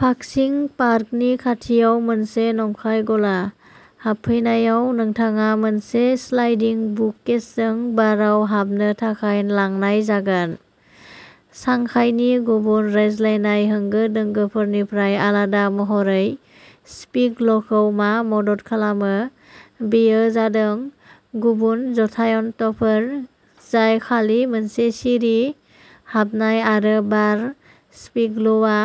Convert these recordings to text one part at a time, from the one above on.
फाक्सिं पार्कनि खाथियाव मोनसे नंखाय गला। हाबफैनायाव, नोंथाङा मोनसे स्लाइडिं बुककेसजों बारआव हाबनो थाखाय लांनाय जागोन। शांघाईनि गुबुन रायज्लायनाय होंगो-दोंगोफोरनिफ्राय आलादा महरै स्पीक ल'खौ मा मदद खालामो, बेयो जादों, गुबुन ज'थायन्टफोर जाय खालि मोनसे सिरि हाबनाय आरो बार, स्पीक ल'आ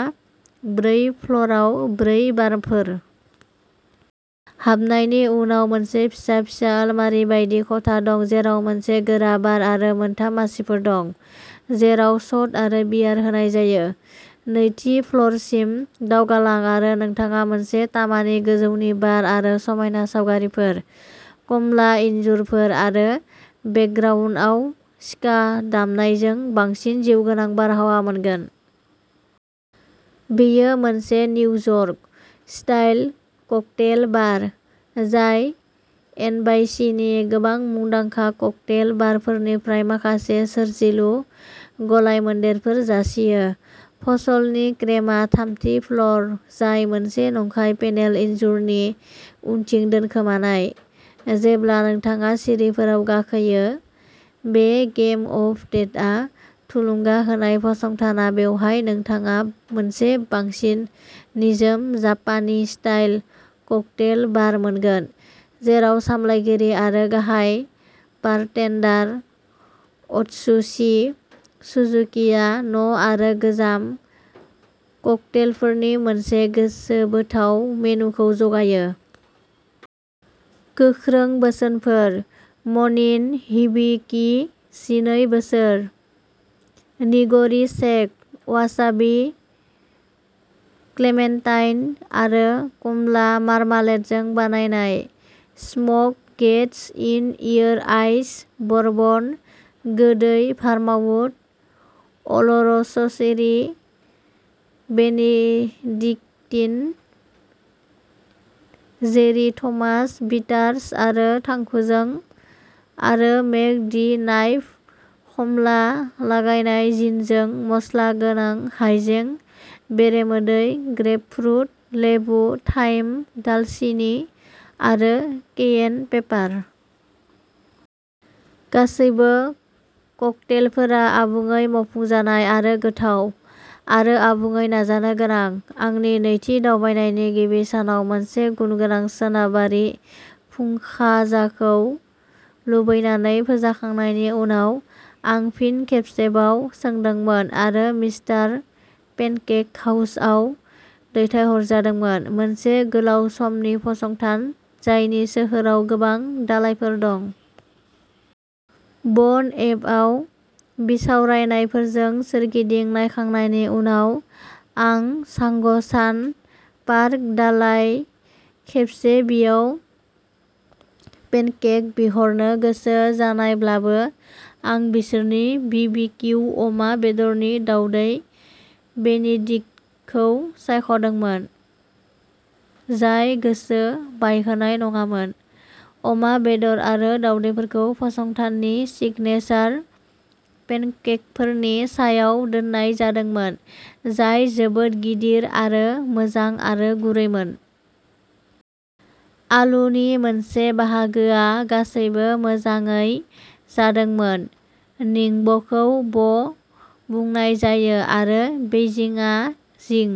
ब्रै फ्ल'रआव ब्रै बारफोर। हाबनायनि उनाव, मोनसे फिसा फिसा आलमारि बायदि खथा दं जेराव मोनसे गोरा बार आरो मोनथाम मासिफोर दं जेराव शट आरो बियार होनाय जायो। नैथि फ्ल'रसिम दावगालां आरो नोंथाङा मोनसे तामानि गोजौनि बार आरो समायना सावगारिफोर, कमला इनजुरफोर आरो बेकग्राउन्दआव स्का दामनायजों बांसिन जिउगोनां बारहावा मोनगोन। बेयो मोनसे निउयर्क-स्टाइल ककटेल बार, जाय एनवाईसीनि गोबां मुंदांखा ककटेल बारफोरनिफ्राय माखासे सोरजिलु गलायमोन्देरफोर जासियो। फसलनि क्रेमआ थामथि फ्ल'र, जाय मोनसे नंखाय पेनेल इनजुरनि उनथिं दोनखोमानाय, जेब्ला नोंथाङा सिरिफोराव गाखोयो। बे गेम अफ डेथआ थुलुंगा होनाय फसंथाना बेवहाय नोंथाङा मोनसे बांसिन निजोम जापानी-स्टाइल ककटेल बार मोनगोन जेराव सामलायगिरि आरो गाहाय बारटेन्डार अत्सुशि सुजुकिआ न'आरो गोजाम ककटेलफोरनि मोनसे गोसोबोथाव मेनुखौ जगायो। गोख्रों बोसोनफोरः म'निन ', हिबिकि जिनै बोसोर, निग'रि सेक, वासाबि, क्लेमेन्टाइन आरो कमला मार्मालेडजों बानायनाय; smoke gets in your eyes, bourbon, गोदै vermouth, oloroso sherry, Benedictine, Jerry Thomas bitters आरो थांखुजों; आरो मेक दि नाइफ, खमला-लागायनाय जिनजों, मस्ला गोनां हायजें बेरेमोदै, ग्रेपफ्रुट, लेबु, थाइम, दालसिनि आरो केयेन पेपार। गासैबो ककटेलफोरा आबुङै मावफुंजानाय आरो गोथाव, आरो आबुङै नाजानो गोनां। आंनि नैथि दावबायनायनि गिबि सानाव मोनसे गुनगोनां सोनाबारि फुंखाजाखौ लुबैनानै फोजाखांनायनि उनाव, आं फिन खेबसेबाव सोंदोंमोन आरो मिस्टार पेनकेक हाउसआव दैथायहरजादोंमोन, मोनसे गोलाव समनि फसंथान जायनि सोहोराव गोबां दालायफोर दं। बन एप आव बिसावरायनायफोरजों सोरगिदिं नायखांनायनि उनाव, आं झांगशान पार्क दालाय खेबसे बियाव, पेनकेक बिहरनो गोसो जानायब्लाबो आं बिसोरनि बि बि किउ अमा बेदरनि दावदै बेनेडिक्टखौ सायख'दोंमोन, जाय गोसो बायहोनाय नङामोन। अमा बेदर आरो दावदैफोरखौ फसंथाननि सिगनेसार पेनकेकफोरनि सायाव दोननाय जादोंमोन, जाय जोबोद गिदिर आरो मोजां आरो गुरैमोन। आलुनि मोनसे बाहागोआ गासैबो मोजाङै जादोंमोन। निंब'खौ "ब'" बुंनाय जायो आरो बेइजिंआ "जिं",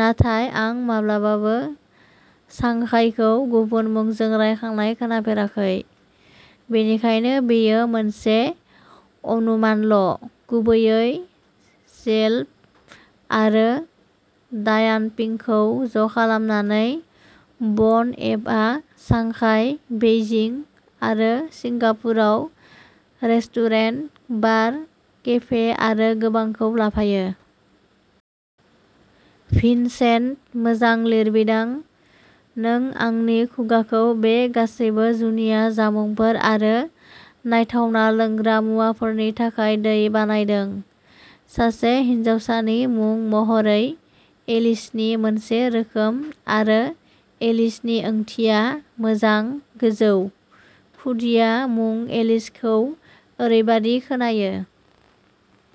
नाथाय आं माब्लाबाबो सांघाईखौ गुबुन मुंजों रायखांनाय खोनाफेराखै, बेनिखायनो बेयो मोनसे अनुमानल'। गुबैयै येल्प आरो डायानपिंखौ ज'खालामनानै, बन एपआ सांघाई, बेइजिं आरो सिंगापुराव रेस्टुरेन्ट, बार, केफे आरो गोबांखौ लाफायो। भिनसेन्ट-मोजां लिरबिदां! नों आंनि खुगाखौ बे गासैबो जुनिया जामुंफोर आरो नायथावना लोंग्रा मुवाफोरनि थाखाय दै बानायदों। सासे हिनजावसानि मुं महरै एलिसनि मोनसे रोखोम, आरो एलिसनि ओंथिया "मोजां, गोजौ"। खुदिया मुं एलिसखौ ओरैबादि खोनायो।